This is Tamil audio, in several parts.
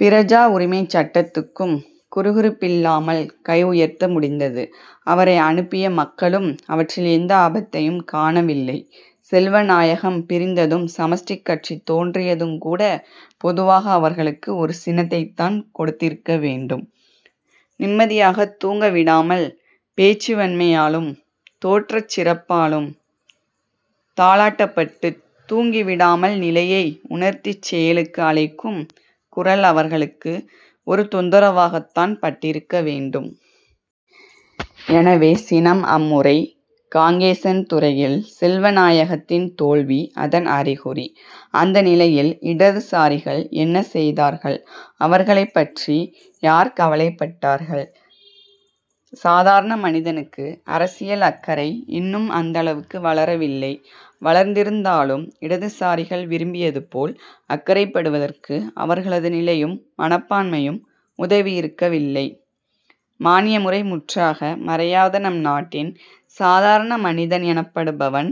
பிரஜா உரிமை சட்டத்துக்கும் குறுகுறுப்பில்லாமல் கை உயர்த்த முடிந்தது. அவரை அனுப்பிய மக்களும் அவற்றில் எந்த ஆபத்தையும் காணவில்லை. செல்வநாயகம் பிரிந்ததும் சமஷ்டிக் கட்சி தோன்றியதுங் கூட பொதுவாக அவர்களுக்கு ஒரு சினத்தைத்தான் கொடுத்திருக்க வேண்டும். நிம்மதியாகக் தூங்கவிடாமல் பேச்சு வன்மையாலும் தோற்றச் சிறப்பாலும் தாலாட்டப்பட்டுத் தூங்கிவிடாமல் நிலையை உணர்த்திச் செயலுக்கு அழைக்கும் குரல் அவர்களுக்கு ஒரு தொந்தரவாகத்தான் பட்டிருக்க வேண்டும். எனவே சினம். அம்முறை காங்கேசன்துறையில் செல்வநாயகத்தின் தோல்வி அதன் அறிகுறி. அந்த நிலையில் இடதுசாரிகள் என்ன செய்தார்கள் அவர்களைப்பற்றி யார் கவலைப்பட்டார்கள் சாதாரண மனிதனுக்கு அரசியல் அக்கறை இன்னும் அந்தளவுக்கு வளரவில்லை. வளர்ந்திருந்தாலும் இடதுசாரிகள் விரும்பியதுபோல் அக்கறைப்படுவதற்கு அவர்களது நிலையும் மனப்பான்மையும் உதவியிருக்கவில்லை. மான்யமுறை முற்றாக மறையாத நம் நாட்டின் சாதாரண மனிதன் எனப்படுபவன்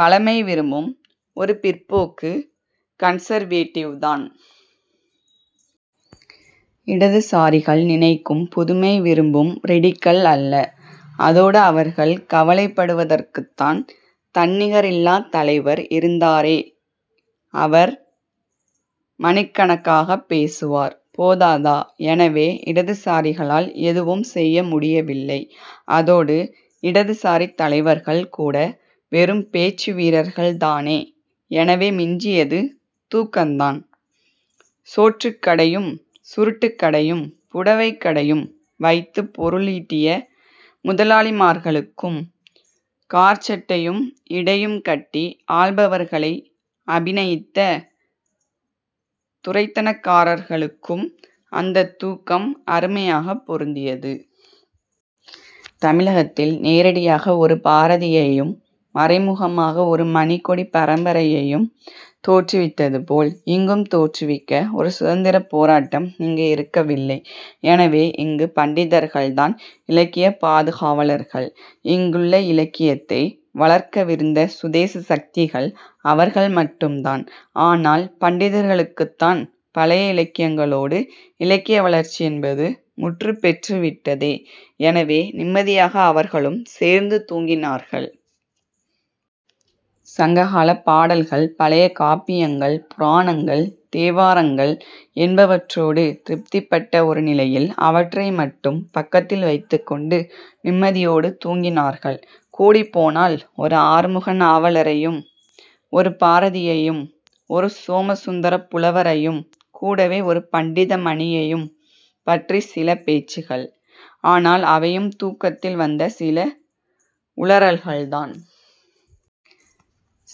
பழமை விரும்பும் ஒரு பிற்போக்கு கன்சர்வேட்டிவ்' தான். இடதுசாரிகள் நினைக்கும் புதுமை விரும்பும் ரெடிக்கல் அல்ல. அதோடு அவர்கள் கவலைப்படுவதற்குத்தான் தன்னிகரில்லாத் தலைவர் இருந்தாரே அவர் மணிக்கணக்காகப் பேசுவார். போதாதா எனவே இடதுசாரிகளால் எதுவும் செய்ய முடியவில்லை. அதோடு இடதுசாரித் தலைவர்கள் கூடவெறும் பேச்சு வீரர்கள் தானே எனவே மிஞ்சியது தூக்கந்தான். சோற்றுக் கடையும் சுருட்டுக் கடையும் புடவைக் கடையும் வைத்துப் பொருளீட்டிய முதலாளிமார்களுக்கும் காற்சட்டையும் இடையும் கட்டி ஆள்பவர்களை அபிநயித்த துரைத்தனக்காரர்களுக்கும் அந்தத் தூக்கம் அருமையாகப் பொருந்தியது. தமிழகத்தில் நேரடியாக ஒரு பாரதியையும் மறைமுகமாக ஒரு மணிகொடிப் பரம்பரையையும் தோற்றுவித்ததுபோல் இங்கும் தோற்றுவிக்க ஒரு சுதந்திரப் போராட்டம் இங்கு இருக்கவில்லை. எனவே இங்கு பண்டிதர்கள்தான் இலக்கியப் பாதுகாவலர்கள். இங்குள்ள இலக்கியத்தை வளர்க்கவிருந்த சுதேச சக்திகள் அவர்கள் மட்டும்தான். ஆனால் பண்டிதர்களுக்குத்தான் பழைய இலக்கியங்களோடு இலக்கிய வளர்ச்சி என்பது முற்றுப்பெற்று விட்டதே எனவே நிம்மதியாக அவர்களும் சேர்ந்து தூங்கினார்கள். சங்ககாலப் பாடல்கள் பழைய காப்பியங்கள் புராணங்கள் தேவாரங்கள் என்பவற்றோடு திருப்திப்பட்ட ஒரு நிலையில் அவற்றை மட்டும் பக்கத்தில் வைத்துக்கொண்டு நிம்மதியோடு தூங்கினார்கள். கூடிப்போனால் ஒரு ஆறுமுக நாவலரையும் ஒரு பாரதியையும் ஒரு சோமசுந்தரப் புலவரையும் கூடவே ஒரு பண்டித மணியையும் பற்றிச் சில பேச்சுகள். ஆனால் அவையும் தூக்கத்தில் வந்த சில உளறல்கள்தான்.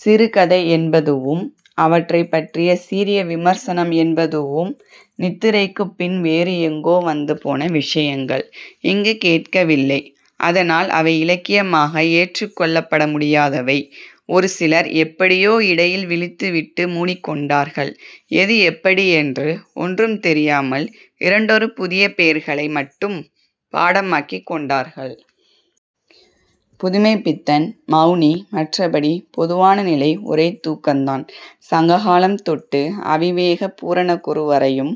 சிறுகதை என்பதுவும் அவற்றைப் பற்றிய சீரிய விமர்சனம் என்பதுவும் நித்திரைக்குப் பின் வேறு எங்கோ வந்துபோன விஷயங்கள். இங்கு கேட்கவில்லை. அதனால் அவை இலக்கியமாக ஏற்றுக்கொள்ளப்படமுடியாதவை. ஒரு சிலர் எப்படியோ இடையில் விழித்துவிட்டு மூடிக்கொண்டார்கள். எது எப்படி என்று ஒன்றும் தெரியாமல் இரண்டொரு புதிய பேர்களை மட்டும் பாடமாக்கிக் கொண்டார்கள். புதுமைப்பித்தன் மெளனி மற்றபடி பொதுவான நிலை ஒரே தூக்கந்தான். சங்ககாலம் தொட்டு அவிவேக பூரணகுரு வரையும்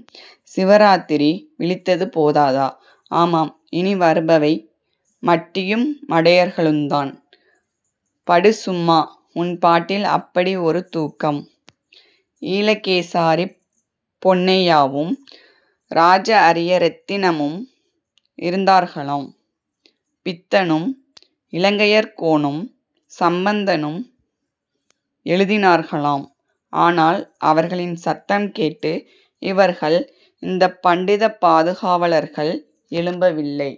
சிவராத்திரிவிழித்தது போதாதா? ஆமாம் இனி வருபவை மட்டியும் மடையர்களுந்தான். படு சும்மா உன் பாட்டில் அப்படி ஒரு தூக்கம். ஈழகேசாரிப் பொன்னையாவும் ராஜ அரிய இரெத்தினமும் இருந்தார்களாம். பித்தனும் இலங்கையர் கோனும் சம்பந்தனும் எழுதினார்களாம். ஆனால் அவர்களின் சத்தம் கேட்டு இவர்கள் இந்தப் பண்டிதப் பாதுகாவலர்கள் எழும்பவில்லை.